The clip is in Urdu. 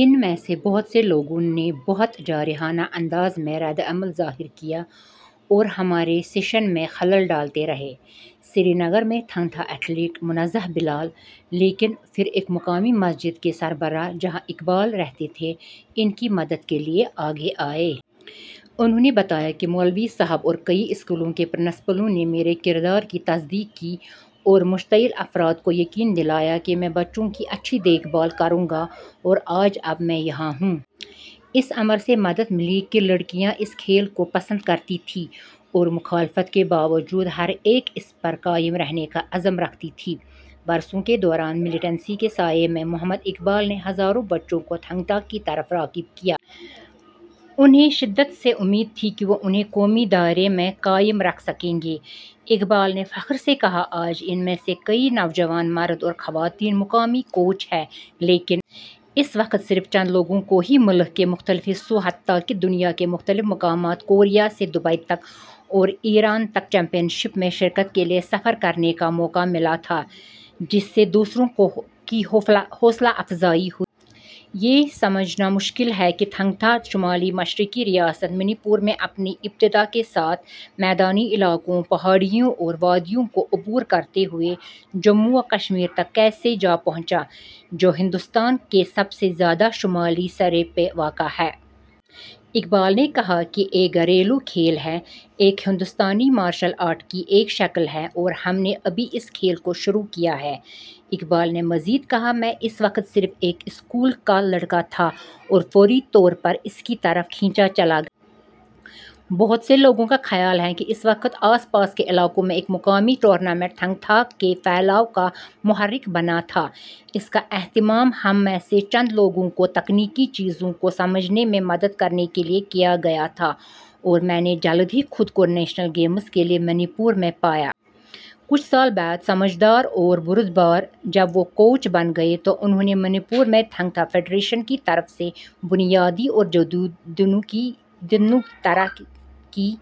ان میں سے بہت سے لوگوں نے بہت جارحانہ انداز میں ردعمل ظاہر کیا اور ہمارے سیشن میں خلل ڈالتے رہے۔ سری نگر سے تھنگ ٹا ایتھلیٹ منازہ بلال۔ لیکن پھر ایک مقامی مسجد کے سربراہ، جہاں اقبال رہتے تھے، ان کی مدد کے لیے آگے آئے۔ انہوں نے بتایا کہ مولوی صاحب اور کئی اسکولوں کے پرنسپلوں نے میرے کردار کی تصدیق کی اور مشتعل افراد کو یقین دلایا کہ میں بچوں کی اچھی دیکھ بھال کروں گا، اور آج اب میں یہاں ہوں۔ اس امر سے مدد ملی کہ لڑکیاں اس کھیل کو پسند کرتی تھیں اور مخالفت کے باوجود ہر ایک اس پر قائم رہنے کا عزم رکھتی تھی۔ برسوں کے دوران، ملی ٹینسی کے سائے میں، محمد اقبال نے ہزاروں بچوں کو تھینگ ٹا کی طرف راغب کیا۔ انہیں شدت سے امید تھی کہ وہ انہیں قومی دھارے میں قائم رکھ سکیں گے۔ اقبال نے فخر سے کہا، آج ان میں سے کئی نوجوان مرد اور خواتین مقامی کوچ ہیں۔ لیکن اس وقت صرف چند لوگوں کو ہی ملک کے مختلف حصوں، حتیٰ کہ دنیا کے مختلف مقامات، کوریا سے دبئی تک اور ایران تک، چیمپئن شپ میں شرکت کے لیے سفر کرنے کا موقع ملا تھا، جس سے دوسروں کی حوصلہ افزائی ہوئی۔ یہ سمجھنا مشکل ہے کہ تھینگ ٹا، شمال مشرقی ریاست منی پور میں اپنی ابتدا کے ساتھ، میدانی علاقوں، پہاڑیوں اور وادیوں کو عبور کرتے ہوئے جموں و کشمیر تک کیسے جا پہنچا، جو ہندوستان کے سب سے زیادہ شمالی سرے پر واقع ہے۔ اقبال نے کہا، یہ ایک گھریلو کھیل ہے، ایک ہندوستانی مارشل آرٹ کی ایک شکل ہے اور ہم نے ابھی اس کھیل کو شروع کیا ہے۔ اقبال نے مزید کہا، میں اس وقت صرف ایک اسکول کا لڑکا تھا اور فوری طور پر اس کی طرف کھینچا چلا گیا۔ بہت سے لوگوں کا خیال ہے کہ اس وقت آس پاس کے علاقے میں ایک مقامی ٹورنامنٹ تھینگ ٹا کے پھیلاؤ کا محرک بنا تھا۔ اس کا اہتمام ہم میں سے چند لوگوں کو تکنیکی چیزوں کو سمجھنے میں مدد کرنے کے لیے کیا گیا تھا اور میں نے جلد ہی خود کو نیشنل گیمز کے لیے منی پور میں پایا۔ کچھ سال بعد، سمجھدار اور بردبار، جب وہ کوچ بن گئے تو انہیں منی پوری تھینگ ٹا فیڈریشن کی طرف سے بنیادی اور جدید، دونوں طرح کی…